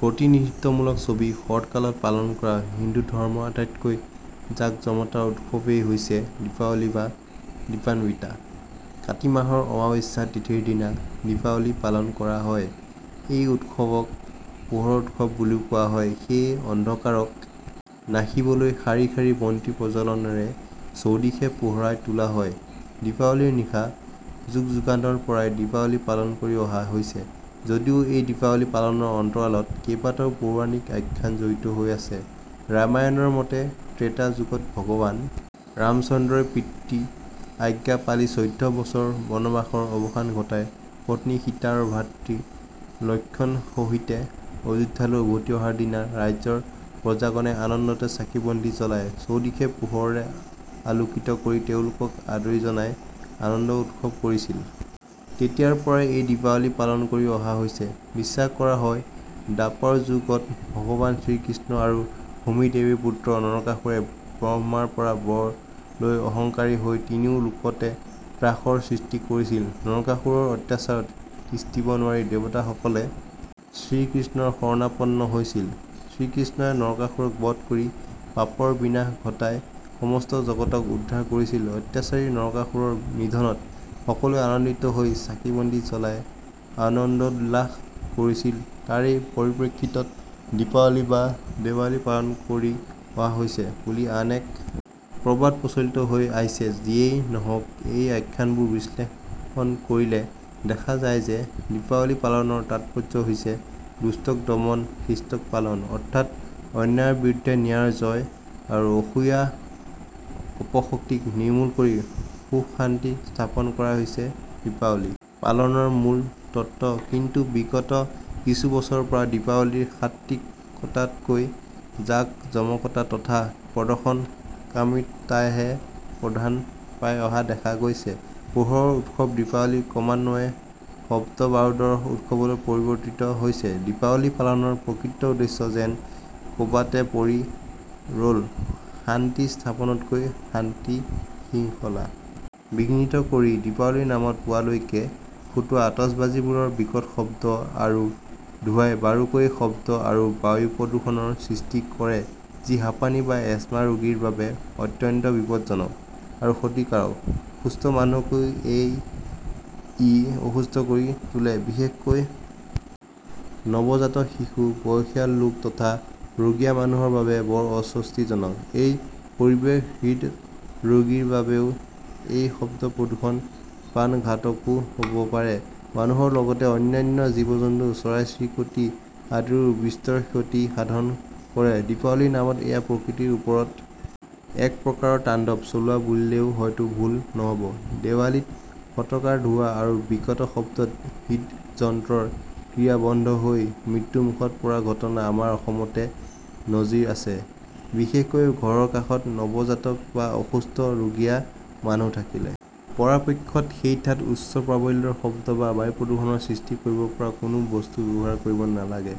প্ৰতিনিধিত্বমূলক ছবি শৰৎ কালত পালন কৰা হিন্দু ধৰ্মৰ আটাইতকৈ জাকজমতাৰ উৎসৱেই হৈছে দীপাৱলী বা দীপান্বিতা কাতি মাহৰ অমাৱস্যা তিথিৰ দিনা দীপাৱলী পালন কৰা হয় এই উৎসৱক পোহৰৰ উৎসৱ বুলিও কোৱা হয় সেয়ে অন্ধকাৰক নাশিবলৈ শাৰী শাৰী বন্তি প্ৰজ্বলনেৰে চৌদিশে পোহৰাই তোলা হয় দীপাৱলীৰ নিশা যুগযুগান্তৰপৰাই দীপাৱলী পালন কৰি অহা হৈছে যদিও এই দীপাৱলী পালনৰ অন্তৰালত কেইবাটাও পৌৰাণিক আখ্যান জড়িত হৈ আছে ৰামায়ণৰ মতে ত্ৰেতা যুগত ভগৱান ৰামচন্দ্ৰই পিতৃ আজ্ঞা পালি চৈধ্য বছৰ বনবাসৰ অৱসান ঘটাই পত্নী সীতা আৰু ভাতৃ লক্ষ্মণ সহিতে অয্যোধ্যালৈ উভতি অহাৰ দিনা ৰাজ্যৰ প্ৰজাগণে আনন্দতে চাকিবন্তি জ্বলাই চৌদিশে পোহৰেৰে আলোকিত কৰি তেওঁলোকক আদৰণি জনাই আনন্দউৎসৱ কৰিছিল তেতিয়াৰপৰাই এই দীপাৱলী পালন কৰি অহা হৈছে বিশ্বাস কৰা হয় দ্বাপৰ যুগত ভগৱান শ্ৰীকৃষ্ণ আৰু ভূমি দেৱীৰ পুত্ৰ নৰকাসুৰে ব্ৰহ্মাৰপৰা বৰ লৈ অহঙ্কাৰী হৈ তিনিও লোকতে ত্ৰাসৰ সৃষ্টি কৰিছিলনৰকাসুৰৰ অত্যাচাৰত তিষ্ঠিব নোৱাৰি দেৱতাসকলে শ্ৰীকৃষ্ণৰ শৰণাপন্ন হৈছিলশ্ৰীকৃষ্ণই নৰকাসুৰক বধ কৰি পাপৰ বিনাশ ঘটাই সমস্ত জগতক উদ্ধাৰ কৰিছিলঅত্যাচাৰী নৰকাসুৰৰ নিধনত সকলোৱে আনন্দিত হৈ চাকিবন্তি জ্বলাই আনন্দোল্লাস কৰিছিলতাৰেই পৰিপ্ৰেক্ষিতত দীপাৱলী বা দেৱালী পালন কৰি অহা হৈছে বুলি আন এক প্ৰবাদ প্ৰচলিত হৈ আহিছেযিয়েই নহওঁক এই আখ্যানবোৰ বিশ্লেষণ কৰিলে দেখা যায় যে দীপাৱলী পালনৰ তাৎপৰ্য হৈছে দুষ্টক দমন শিষ্টক পালন অৰ্থাৎ অন্যায়ৰ বিৰুদ্ধে ন্যায়ৰ জয় আৰু অসূয়াঅপশক্তিক নিৰ্মূল কৰি সুখশান্তি স্থাপন কৰাই হৈছে দীপাৱলী পালনৰ মূল তত্ত্বকিন্তু বিগত কিছু বছৰৰ পৰা দীপাৱলীৰ সাত্ত্বিকতাতকৈ জাকজমকতা তথা প্ৰদৰ্শনকামীতাইহে প্ৰধান পাই অহা দেখা গৈছেপোহৰৰ উৎসৱ দীপাৱলী ক্ৰমান্বয়ে শব্দবাৰুদৰ উৎসৱলৈ পৰিৱৰ্তিত হৈছেদীপাৱলী পালনৰ প্ৰকৃত উদ্দেশ্য যেন কবাতে পৰি ৰলশান্তি স্থাপনতকৈ শান্তিশৃংখলা বিঘ্নিত কৰি দীপাৱলীৰ নামত পুৱালৈকে ফুটোৱা আতচবাজীবোৰৰ বিকট শব্দ আৰু ধোঁৱাই বাৰুকৈয়ে শব্দ আৰু বায়ু প্ৰদুষনৰ সৃষ্টি কৰেযি হাঁপানী বা এজমা ৰোগীৰ বাবে অত্যন্ত বিপদজনক আৰু ক্ষতিকাৰকসুস্থ মানুহকো এই ই অসুস্থ কৰি তোলেবিশেষকৈ নৱজাতক শিশু বয়সীয়াল লোক তথা ৰোগীয়া মানুহৰ বাবে বৰ অস্বস্তিজনক এই পৰিৱেশহৃদ ৰোগীৰ বাবেও এই শব্দ প্ৰদুষণ প্ৰাণঘাতকো হব পাৰেমানুহৰ লগতে অন্যান্য জীৱজন্তু চৰাইচিৰিকতি আদিৰো বিস্তৰ ক্ষতি সাধন কৰেদীপাৱলীৰ নামত এইয়া প্ৰকৃতিৰ ওপৰত একপ্ৰকাৰ তাণ্ডৱ চলোৱা বুলিলেও হয়তো ভুল নহবদেৱালীত ফটকাৰ ধোঁৱা আৰু বিকট শব্দত হৃদযন্ত্ৰৰ ক্ৰিয়া বন্ধ হৈ মৃত্যু মুখত পৰা ঘটনা আমাৰ অসমতে নজিৰ আছে বিশেষকৈ ঘৰৰ কাষত নৱজাতক বা অসুস্থ ৰোগীয়া মানুহ থাকিলে পৰাপক্ষত সেই ঠাইত উচ্চ প্ৰাবল্যৰ শব্দ বা বায়ু প্ৰদুষণৰ সৃষ্টি কৰিব পৰা কোনো বস্তু ব্যৱহাৰ কৰিব নালাগে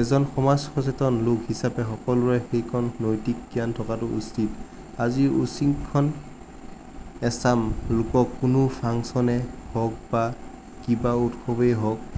এজন সমাজ সচেতন লোক হিচাপে সকলোৰে সেইকণ নৈতিক জ্ঞান থকাটো উচিত আজিৰ উশৃঙ্খল এচাম লোকক কোনো ফাংচনে হওঁক বা কিবা উৎসৱেই হওঁক